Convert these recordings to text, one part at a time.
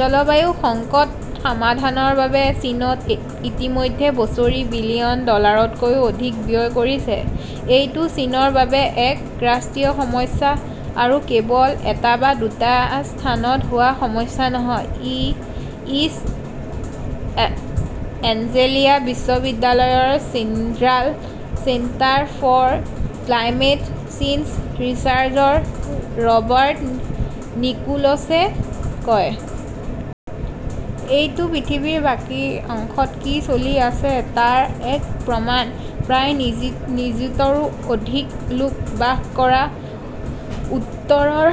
জলবায়ু সংকট সমাধানৰ বাবে চীনত ইতিমধ্যে বছৰি বিলিয়ন ডলাৰতকৈও অধিক ব্যয় হৈছে। এইটো চীনৰ বাবে এক ৰাষ্ট্ৰীয় সমস্যা আৰু কেৱল এটা বা দুটা স্থানত হোৱা সমস্যা নহয়, ইষ্ট এঞ্জেলিয়া বিশ্ববিদ্যালয়ৰ Tyndall centre for climate change ৰিচাৰ্চৰ ৰবাৰ্ট নিকোলছে কয়। এইটো পৃথিৱীৰ বাকী অংশত কি চলি আছে তাৰ এক প্ৰমাণ। প্ৰায় নিযুতৰো অধিক লোক বাস কৰা উত্তৰৰ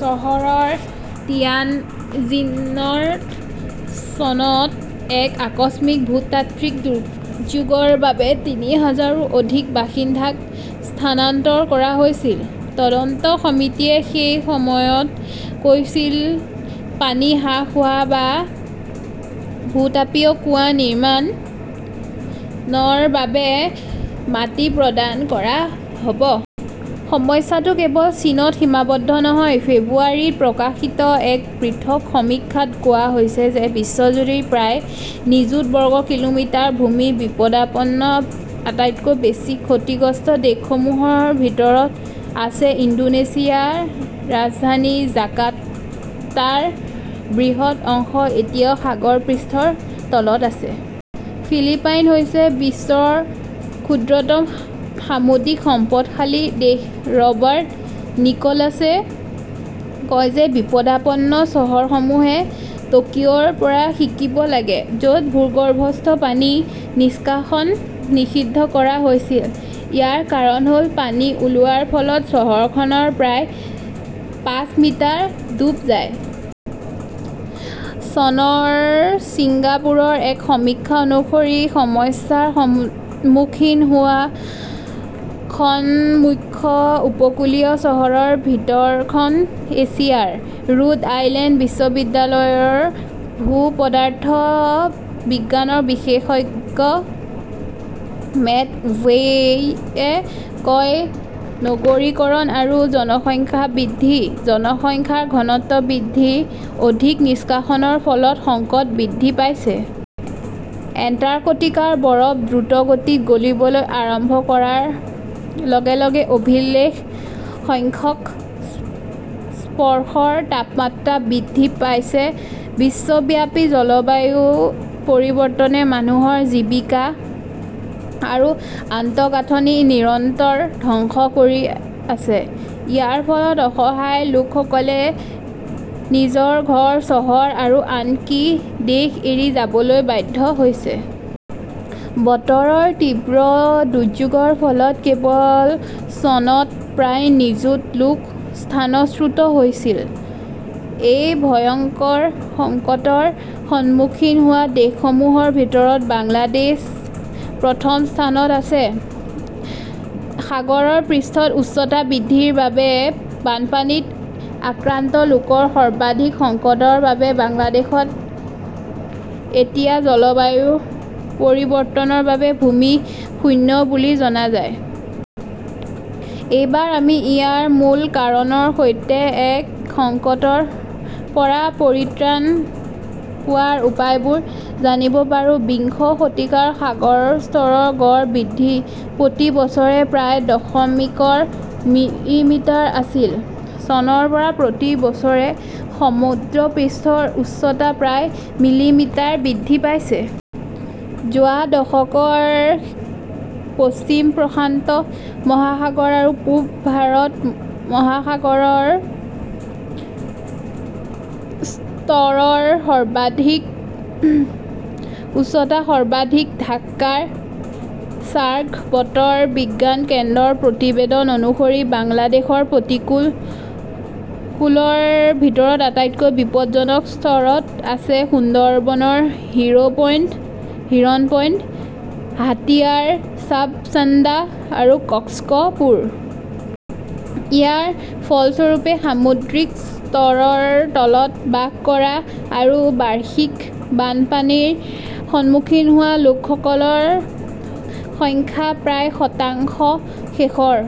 চহৰ তিয়ানজিনত চনত এক আকস্মিক ভূতাত্ত্বিক দুৰ্যোগৰ বাবে তিনি হাজাৰৰো অধিক বাসিন্দাক স্থানান্তৰ কৰা হৈছিল। তদন্ত সমিতিয়ে সেই সময়ত কৈছিল, পানী হ্ৰাস হোৱা বা ভূ-তাপীয় কুঁৱা নিৰ্মাণৰ বাবে মাটি প্ৰদান কৰা হ’ব। সমস্যাটো কেৱল চীনত সীমাবদ্ধ নহয়। ফেব্ৰুৱাৰীত প্ৰকাশিত এক পৃথক সমীক্ষাত কোৱা হৈছে যে বিশ্বজুৰি প্ৰায় নিযুত বৰ্গ কিলোমিটাৰ ভূমি বিপদাপন্ন। আটাইতকৈ বেছি ক্ষতিগ্ৰস্ত দেশসমূহৰ ভিতৰত আছে ইণ্ডোনেছিয়া, ৰাজধানী জাকাৰ্টাৰ বৃহৎ অংশ এতিয়া সাগৰ পৃষ্ঠৰ তলত আছে। ফিলিপাইন হৈছে বিশ্বৰ অন্যতম সামুদ্ৰিক সম্পদশালী দেশ। ৰবাৰ্ট নিকোলছে কয় যে বিপদাপন্ন চহৰসমূহে টকিঅ ৰ পৰা শিকিব লাগে। য 'ত ভূগৰ্ভস্থ পানী নিষ্কাশন নিষিদ্ধ কৰা হৈছিল। ইয়াৰ কাৰণ হ’ল পানী ওলোৱাৰ ফলত চহৰখন প্ৰায় পাঁচ মিটাৰ ডুব যায়। চনৰ ছিংগাপুৰৰ এক সমীক্ষা অনুসৰি, সমস্যাৰ সন্মুখীন হোৱা খন মুখ্য উপকূলীয় চহৰৰ ভিতৰত খন এছিয়াৰ। ৰোড আইলেণ্ড বিশ্ববিদ্যালয়ৰ ভূ-পদাৰ্থ বিজ্ঞানৰ বিশেষজ্ঞ মেট ৱেইয়ে কয়, নগৰীকৰণ আৰু জনসংখ্যা বৃদ্ধি, জনসংখ্যাৰ ঘনত্ব বৃদ্ধি, অধিক নিষ্কাশনৰ ফলত সংকট বৃদ্ধি পাইছে।। এণ্টাৰ্কটিকাৰ বৰফ দ্ৰুতগতিত গলিবলৈ আৰম্ভ কৰাৰ লগে লগে অভিলেখ সংখ্যক স্পৰ্শৰ তাপমাত্ৰা বৃদ্ধি পাইছে বিশ্বব্যাপী জলবায়ু পৰিৱৰ্তনে মানুহৰ জীৱিকা আৰু আন্তঃগাঁথনি নিৰন্তৰ ধ্বংস কৰি আছে। ইয়াৰ ফলত অসহায় লোকসকলে নিজৰ ঘৰ, চহৰ আৰু আনকি দেশ এৰি যাবলৈ বাধ্য হৈছে। বতৰৰ তীব্ৰ দুৰ্যোগৰ ফলত কেৱল চনত প্ৰায় নিযুত লোক স্থানচ্যুত হৈছিল। এই ভয়ংকৰ সংকটৰ সন্মুখীন হোৱা দেশসমূহৰ ভিতৰত বাংলাদেশ প্ৰথম স্থানত আছে। সাগৰ পৃষ্ঠৰ উচ্চতা বৃদ্ধিৰ বাবে বানপানীত আক্ৰান্ত লোকসকলৰ বৰ্ধিত সংকটৰ বাবে বাংলাদেশক এতিয়া জলবায়ু পৰিৱৰ্তনৰ বাবে ভূমি শূন্য বুলি জনা যায়। এইবাৰ আমি ইয়াৰ মূল কাৰণৰ সৈতে এই সংকটৰ পৰা পৰিত্ৰাণ পোৱাৰ উপায়বোৰ জানিব পাৰোঁ। বিংশ শতিকাত সাগৰৰ স্তৰৰ গড় বৃদ্ধি প্ৰতি বছৰে প্ৰায় দশমিক মিলিমিটাৰ আছিল। চনৰ পৰা প্ৰতি বছৰে সমুদ্ৰপৃষ্ঠৰ উচ্চতা প্ৰায় মিলিমিটাৰ বৃদ্ধি পাইছে। যোৱা দশকত পশ্চিম প্ৰশান্ত মহাসাগৰ আৰু পূব ভাৰত মহাসাগৰত সাগৰৰ স্তৰৰ উচ্চতা সৰ্বাধিক। ঢাকাৰ চাৰ্ক বতৰ বিজ্ঞান কেন্দ্ৰৰ প্ৰতিবেদন অনুসৰি, বাংলাদেশৰ উপকূলৰ ভিতৰত আটাইতকৈ বিপদজনক স্তৰত আছে-সুন্দৰবনৰ হিৰণ পইণ্ট, হাতিয়াৰ চাৰ চাঙ্গা আৰু কক্সপুৰ। ইয়াৰ ফলস্বৰূপে, সামুদ্ৰিক স্তৰৰ তলত বাস কৰা আৰু বাৰ্ষিক বানপানীৰ সন্মুখীন হোৱা লোকসকলৰ সংখ্যা প্ৰায় শতাংশ। শেষৰ